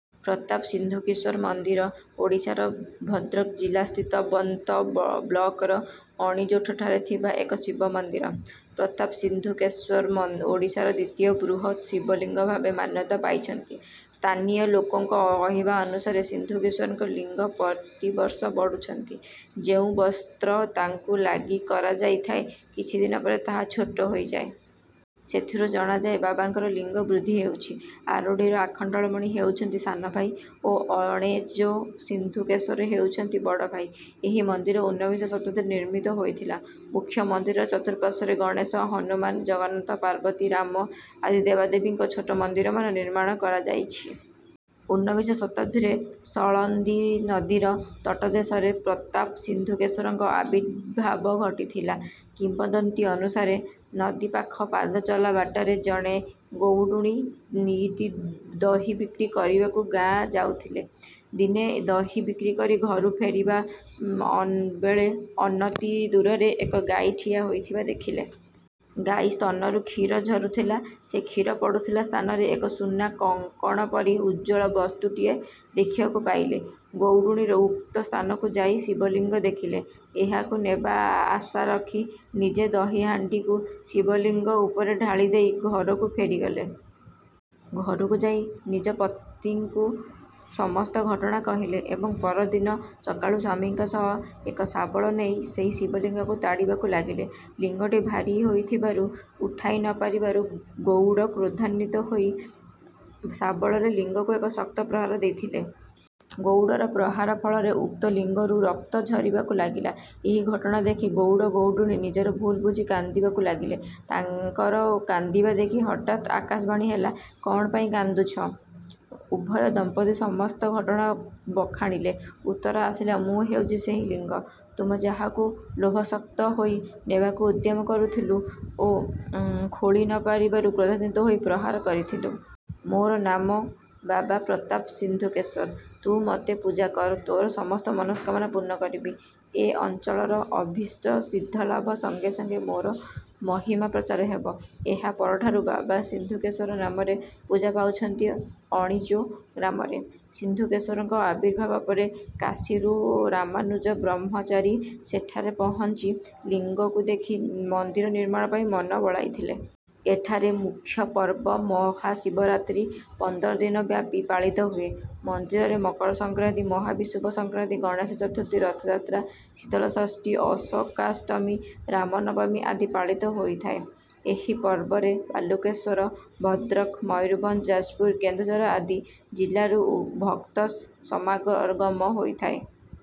ପ୍ରତାପ ସିନ୍ଧୁକେଶ୍ୱର ମନ୍ଦିର ଓଡ଼ିଶାର ଭଦ୍ରକ ଜିଲ୍ଲାସ୍ଥିତ ବନ୍ତ ବ୍ଲକର ଅଣିଜୋଠାରେ ଥିବା ଏକ ଶିବ ମନ୍ଦିର। ପ୍ରତାପ ସିନ୍ଧୁକେଶ୍ୱର ମ ଓଡ଼ିଶାର ଦ୍ୱିତୀୟ ବୃହତ ଶିବଲିଙ୍ଗ ଭାବେ ମାନ୍ୟତା ପାଇଛନ୍ତି। ସ୍ଥାନୀୟ ଲୋକଙ୍କ ଅହିବା ଅନୁସାରେ ସିନ୍ଧୁକେଶ୍ୱରଙ୍କ ଲିଙ୍ଗ ପତିବର୍ଷ ବଢୁଛନ୍ତି। ଯେଉଁ ବସ୍ତ୍ର ତାଙ୍କୁ ଲାଗି କରାଯାଇଥାଏ, କିଛି ଦିନ ପରେ ତାହା ଛୋଟ ହୋଇଯାଏ। ସେଥିରୁ ଜଣାଯାଏ ବାବାଙ୍କ ଲିଙ୍ଗ ବୃଦ୍ଧି ହେଉଛି। ଆରଡ଼ିର ଆଖଣ୍ଡଳମଣି ହେଉଛନ୍ତି ସାନଭାଇ ଓ ଅଣିଜୋ ସିନ୍ଧୁକେଶ୍ୱର ହେଉଛନ୍ତି ବଡ଼ଭାଇ। ଏହି ମନ୍ଦିର ଉନବିଂଶ ଶତାବ୍ଦୀରେ ନିର୍ମିତ ହୋଇଥିଲା। ମୁଖ୍ୟ ମନ୍ଦିରର ଚତୁଃପାର୍ଶ୍ୱରେ ଗଣେଶ, ହନୁମାନ, ଜଗନ୍ନାଥ, ପାର୍ବତୀ, ରାମ ଆଦି ଦେବଦେବୀଙ୍କ ଛୋଟ ମନ୍ଦିରମାନ ନିର୍ମାଣ କରାଯାଇଛି। ଉନବିଂଶ ଶତାବ୍ଦୀରେ ସଳନ୍ଦୀ ନଦୀର ତଟଦେଶରେ ପ୍ରତାପ ସିନ୍ଧୁକେଶ୍ୱରଙ୍କ ଆବିର୍ଭାବ ଘଟିଥିଲା। କିମ୍ବଦନ୍ତୀ ଅନୁସାରେ, ନଦୀ ପାଖ ପାଦଚଲା ବାଟରେ ଜଣେ ଗଉଡ଼ୁଣୀ ନିତି ଦହି ବିକ୍ରି କରିବାକୁ ଗାଁକୁ ଯାଉଥିଲେ। ଦିନେ ଦହି ବିକ୍ରି କରି ଘରକୁ ଫେରିବା ଅନ୍ ବେଳେ ଅନତି ଦୂରରେ ଏକ ଗାଈ ଠିଆ ହୋଇଥିବା ଦେଖିଲେ। ଗାଈର ସ୍ତନରୁ କ୍ଷୀର ଝରୁଥିଲା। ସେ କ୍ଷୀର ପଡ଼ୁଥିବା ସ୍ଥାନରେ ଏକ ସୁନା କଙ୍କଣ ପରି ଉଜ୍ଜ୍ୱଳ ବସ୍ତୁଟିଏ ଦେଖିବାକୁ ପାଇଲେ। ଗଉଡ଼ୁଣୀ ଉକ୍ତ ସ୍ଥାନକୁ ଯାଇ ଶିବଲିଙ୍ଗ ଦେଖିଲେ। ଏହାକୁ ନେବା ଆଶା ରଖି ନିଜ ଦହି ହାଣ୍ଡିକୁ ଶିବଲିଙ୍ଗ ଉପରେ ଢାଙ୍କିଦେଇ ଘରକୁ ଫେରିଗଲେ। ଘରକୁ ଯାଇ ନିଜ ପତିଙ୍କୁ ସମସ୍ତ ଘଟଣା କହିଲେ ଏବଂ ପରଦିନ ସକାଳୁ ସ୍ୱାମୀଙ୍କ ସହ ଏକ ଶାବଳ ନେଇ ସେହି ଶିବଲିଙ୍ଗକୁ ତାଡ଼ିବାକୁ ଲାଗିଲେ। ଲିଙ୍ଗଟି ଭାରୀ ହୋଇଥିବାରୁ ଉଠାଇ ନ ପାରିବାରୁ ଗଉଡ଼ କ୍ରୋଧାନ୍ୱିତ ହୋଇ ଶାବଳରେ ଲିଙ୍ଗକୁ ଏକ ଶକ୍ତ ପ୍ରହାର ଦେଇଥିଲେ। ଗଉଡ଼ର ପ୍ରହାର ଫଳରେ ଉକ୍ତ ଲିଙ୍ଗରୁ ରକ୍ତ ଝରିବାକୁ ଲାଗିଲା। ଏହି ଘଟଣା ଦେଖି ଗଉଡ଼-ଗଉଡ଼ୁଣୀ ନିଜର ଭୁଲ ବୁଝି କାନ୍ଦିବାକୁ ଲାଗିଲେ। ତାଙ୍କର କାନ୍ଦିବା ଦେଖି ହଠାତ ଆକାଶବାଣୀ ହେଲା, କ'ଣ ପାଇଁ କାନ୍ଦୁଛ?। ଉଭୟ ଦମ୍ପତି ସମସ୍ତ ଘଟଣା ବଖାଣିଲେ। ଉତ୍ତର ଆସିଲା, "ମୁଁ ହେଉଛି ସେହି ଲିଙ୍ଗ, ତୁ ଯାହାକୁ ଲୋଭାସକ୍ତ ହୋଇ ନେବାକୁ ଉଦ୍ୟମ କରୁଥିଲୁ ଓ ଖୋଳି ନ ପାରିବାରୁ କ୍ରୋଧାନ୍ୱିତ ହୋଇ ପ୍ରହାର କରିଥିଲୁ। ମୋର ନାମ ବାବା ପ୍ରତାପ ସିନ୍ଧୁକେଶ୍ୱର। ତୁ ମୋତେ ପୂଜା କର, ତୋର ସମସ୍ତ ମନସ୍କାମନା ପୂର୍ଣ୍ଣ କରିବି। ଏ ଅଞ୍ଚଳର ଅଭୀଷ୍ଟ ସିଦ୍ଧିଲାଭ ସଙ୍ଗେ ସଙ୍ଗେ ମୋର ମହିମା ପ୍ରଚାର ହେବ। ଏହା ପରଠାରୁ ବାବା ସିନ୍ଧୁକେଶ୍ୱର ନାମରେ ପୂଜା ପାଉଛନ୍ତି ଅଣିଜୋ ଗ୍ରାମରେ। ସିନ୍ଧୁକେଶ୍ୱରଙ୍କ ଆବିର୍ଭାବ ପରେ କାଶୀରୁ ରାମାନୁଜ ବ୍ରହ୍ମଚାରୀ ସେଠାରେ ପହଞ୍ଚି ଲିଙ୍ଗକୁ ଦେଖି ମନ୍ଦିର ନିର୍ମାଣ ପାଇଁ ମନ ବଳାଇଥିଲେ। ଏଠାରେ ମୁଖ୍ୟପର୍ବ ମହାଶିବରାତ୍ରି ପନ୍ଦର ଦିନ ବ୍ୟାପୀ ପାଳିତ ହୁଏ। ମନ୍ଦିରରେ ମକର ସଂକ୍ରାନ୍ତି, ମହାବିଷୁବ ସଂକ୍ରାନ୍ତି, ଗଣେଶ ଚତୁର୍ଥୀ, ରଥଯାତ୍ରା, ଶୀତଳ ଷଷ୍ଠୀ, ଅଶୋକାଷ୍ଟମୀ, ରାମ ନବମୀ ଆଦି ପାଳିତ ହୋଇଥାଏ। ଏହି ପର୍ବରେ ବାଲୁକେଶ୍ୱର, ଭଦ୍ରକ, ମୟୂରଭଞ୍ଜ, ଯାଜପୁର, କେନ୍ଦୁଝର ଆଦି ଜିଲ୍ଲାରୁ ଉ ଭକ୍ତ ସମାରଗମ ହୋଇଥାଏ।